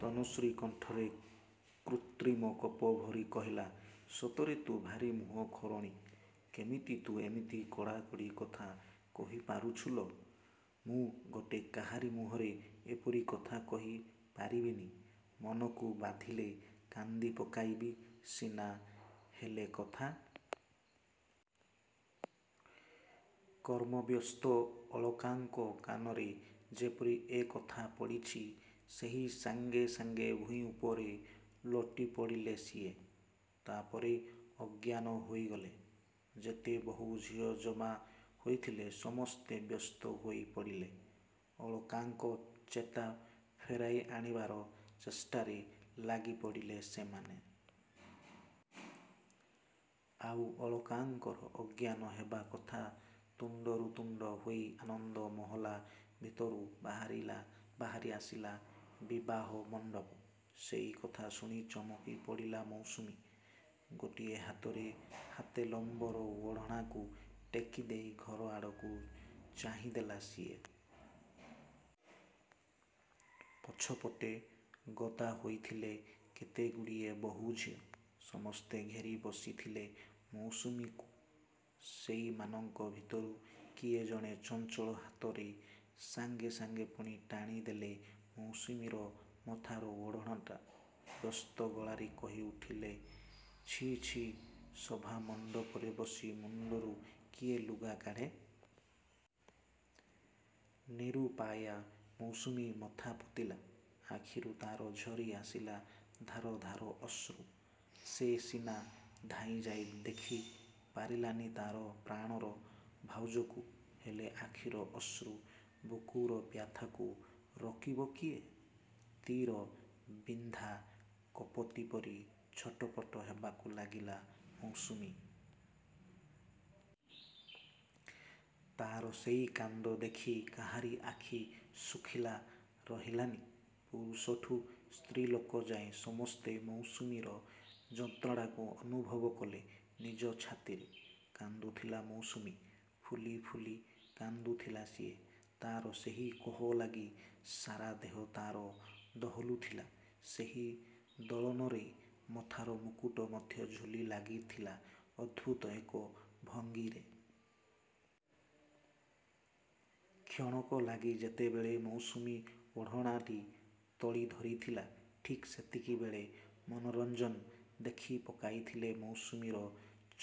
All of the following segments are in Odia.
ତନୁଶ୍ରୀ କଣ୍ଠରେ କୃତ୍ରିମ କୋପ ଭରି କହିଲା ସତରେ ତୁ ଭାରି ମୁହଁ ଖୋରଣୀ। କେମିତି ତୁ ଏମିତି କଡ଼ା କଡ଼ି କଥା କହି ପାରୁଛୁ ଲୋ? ମୁଁ ଗୋଟେ କାହାରି ମୁହଁରେ ଏପରି କଥା କହି ପାରିବିନି। ମନକୁ ବାଧିଲେ କାନ୍ଦି ପକାଇବି ସିନା, ହେଲେ କଥା? କର୍ମବ୍ୟସ୍ତ ଅଳକାଙ୍କ କାନରେ ଯେପରି ଏ କଥା ପଡ଼ିଛି, ସେଇ ସାଙ୍ଗେ ସାଙ୍ଗେ ଭୂଇଁ ଉପରେ ଲୋଟି ପଡ଼ିଲେ ସିଏ। ତା' ପରେ ଅଜ୍ଞାନ ହୋଇଗଲେ। ଯେତେ ବୋହୂ ଝିଅ ଜମା ହୋଇଥିଲେ ସମସ୍ତେ ବ୍ୟସ୍ତ ହୋଇ ପଡ଼ିଲେ। ଅଳକାଙ୍କ ଚେତା ଫେରାଇ ଆଣିବାର ଚେଷ୍ଟାରେ ଲାଗି ପଡ଼ିଲେ ସେମାନେ। ଆଉ ଅଳକାଙ୍କର ଅଜ୍ଞାନ ହେବା କଥା ତୁଣ୍ଡରୁ ତୁଣ୍ଡ ହୋଇ ଅନ୍ଦର ମହଲା ଭିତରୁ ବାହାରି ଆସିଲା ବିବାହ ମଣ୍ଡପ। ସେଇ କଥା ଶୁଣି ଚମକି ପଡ଼ିଲା ମୌସୁମୀ। ଗୋଟିଏ ହାତରେ ହାତେ ଲମ୍ବର ଓଢ଼ଣାକୁ ଟେକି ଦେଇ ଘର ଆଡ଼କୁ ଚାହିଁ ଦେଲା ସିଏ। ପଛପଟେ ଗଦା ହୋଇଥିଲେ କେତେଗୁଡ଼ିଏ ବୋହୂ ଝିଅ। ସମସ୍ତେ ଘେରି ବସିଥିଲେ ମୌସୁମୀକୁ। ସେଇମାନଙ୍କ ଭିତରୁ କିଏ ଜଣେ ଚଞ୍ଚଳ ହାତରେ ସାଙ୍ଗେ ସାଙ୍ଗେ ପୁଣି ଟାଣି ଦେଲେ ମୌସୁମୀର ମଥାର ଓଢ଼ଣାଟା। ବ୍ୟସ୍ତ ଗଳାରେ କହି ଉଠିଲେ ଛି, ଛି, ସଭାମଣ୍ଡପରେ ବସି ମୁଣ୍ଡରୁ କିଏ ଲୁଗା କାଢ଼େ? ନିରୁପାୟା ମୌସୁମୀ ମଥା ପୋତିଲା। ଆଖିରୁ ତା'ର ଝରି ଆସିଲା ଧାର ଧାର ଅଶ୍ରୁ। ସେ ସିନା ଧାଇଁ ଯାଇ ଦେଖି ପାରିଲାନି ତା'ର ପ୍ରାଣର ଭାଉଜକୁ, ହେଲେ ଆଖିର ଅଶ୍ରୁ, ବୁକୁର ବ୍ୟଥାକୁ ରୋକିବ କିଏ? ତୀର ବିନ୍ଧା କପୋତୀ ପରି ଛଟପଟ ହେବାକୁ ଲାଗିଲା ମୌସୁମୀ। ତା'ର ସେଇ କାନ୍ଦ ଦେଖି କାହାରି ଆଖି ଶୁଖିଲା ରହିଲାନି। ପୁରୁଷଠୁ ସ୍ତ୍ରୀଲୋକ ଯାଏ ସମସ୍ତେ ମୌସୁମୀର ଯନ୍ତ୍ରଣାକୁ ଅନୁଭବ କଲେ ନିଜ ଛାତିରେ। କାନ୍ଦୁଥିଲା ମୌସୁମୀ। ଫୁଲି ଫୁଲି କାନ୍ଦୁଥିଲା ସିଏ। ତା'ର ସେହି କୋହ ଲାଗି ସାରା ଦେହ ତା'ର ଦୋହଲୁଥିଲା। ସେଇ ଦୋଳନରେ ମଥାର ମୁକୁଟ ମଧ୍ୟ ଝୁଲି ଲାଗିଥିଲା ଅଦ୍ଭୁତ ଏକ ଭଙ୍ଗୀରେ। କ୍ଷଣକ ଲାଗି ଯେତେବେଳେ ମୌସୁମୀ ଓଢ଼ଣାଟି ତୋଳି ଧରିଥିଲା, ଠିକ୍ ସେତିକିବେଳେ ମନୋରଞ୍ଜନ ଦେଖି ପକାଇଥିଲେ ମୌସୁମୀର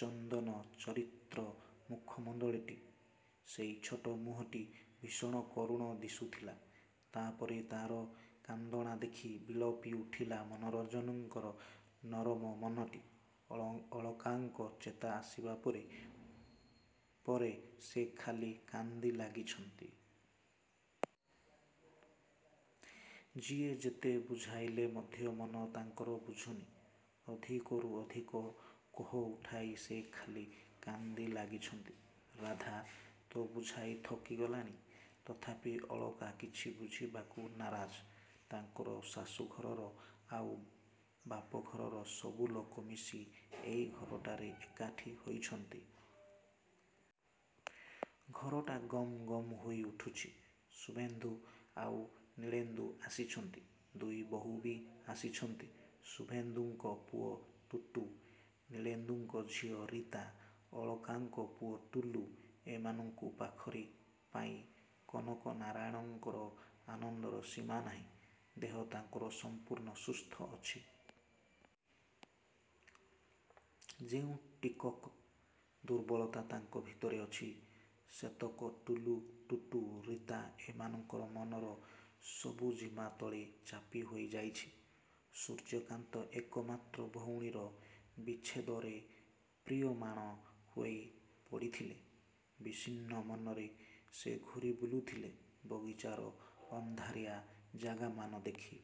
ଚନ୍ଦନଚରିତ୍ର ମୁଖମଣ୍ଡଳଟି। ସେଇ ଛୋଟ ମୁହଁଟି ଭୀଷଣ କରୁଣ ଦିଶୁଥିଲା। ତା' ପରେ ତା'ର କାନ୍ଦଣା ଦେଖି ବିଳପି ଉଠିଲା ମନୋରଞ୍ଜନଙ୍କର ନରମ ମନଟି। ଅଳକାଙ୍କ ଚେତା ଆସିବା ପରେ ପରେ ସେ ଖାଲି କାନ୍ଦି ଲାଗିଛନ୍ତି। ଯିଏ ଯେତେ ବୁଝାଇଲେ ମଧ୍ୟ ମନ ତାଙ୍କର ବୁଝୁନି। ଅଧିକରୁ ଅଧିକ କୋହ ଉଠାଇ ସେ ଖାଲି କାନ୍ଦି ଲାଗିଛନ୍ତି। ରାଧା ତ ବୁଝାଇ ଥକି ଗଲାଣି। ତଥାପି ଅଳକା କିଛି ବୁଝିବାକୁ ନାରାଜ। ତାଙ୍କର ଶାଶୂଘରର ଆଉ ବାପଘରର ସବୁ ଲୋକ ମିଶି ଏଇ ଘରଟାରେ ଏକାଠି ହୋଇଛନ୍ତି। ଘରଟା ଗମ୍ ଗମ୍ ହୋଇ ଉଠୁଛି। ଶୁଭେନ୍ଦୁ ଆଉ ନୀଳେନ୍ଦୁ ଆସିଛନ୍ତି। ଦୁଇ ବୋହୂ ବି ଆସିଛନ୍ତି। ଶୁଭେନ୍ଦୁଙ୍କ ପୁଅ ଟୁଟୁ, ନୀଳେନ୍ଦୁଙ୍କ ଝିଅ ରୀତା, ଅଳକାଙ୍କ ପୁଅ ଟୁଲୁ ଏମାନଙ୍କୁ ପାଖରେ ପାଇ କନକନାରାୟଣଙ୍କର ଆନନ୍ଦର ସୀମା ନାହିଁ। ଦେହ ତାଙ୍କର ସମ୍ପୂର୍ଣ୍ଣ ସୁସ୍ଥ ଅଛି। ଯେଉଁ ଟିକକ ଦୁର୍ବଳତା ତାଙ୍କ ଭିତରେ ଅଛି, ସେତକ ଟୁଲୁ, ଟୁଟୁ, ରୀତା ଏମାନଙ୍କର ମନର ସବୁଜିମା ତଳେ ଚାପି ହୋଇ ଯାଇଛି। ସୂର୍ଯ୍ୟକାନ୍ତ ଏକମାତ୍ର ଭଉଣୀର ବିଚ୍ଛେଦରେ ମ୍ରିୟମାଣ ହୋଇ ପଡ଼ିଥିଲେ। ବିଷନ୍ନ ମନରେ ସେ ଘୂରି ବୁଲୁଥିଲେ ବଗିଚାର ଅନ୍ଧାରିଆ ଜାଗାମାନ ଦେଖି।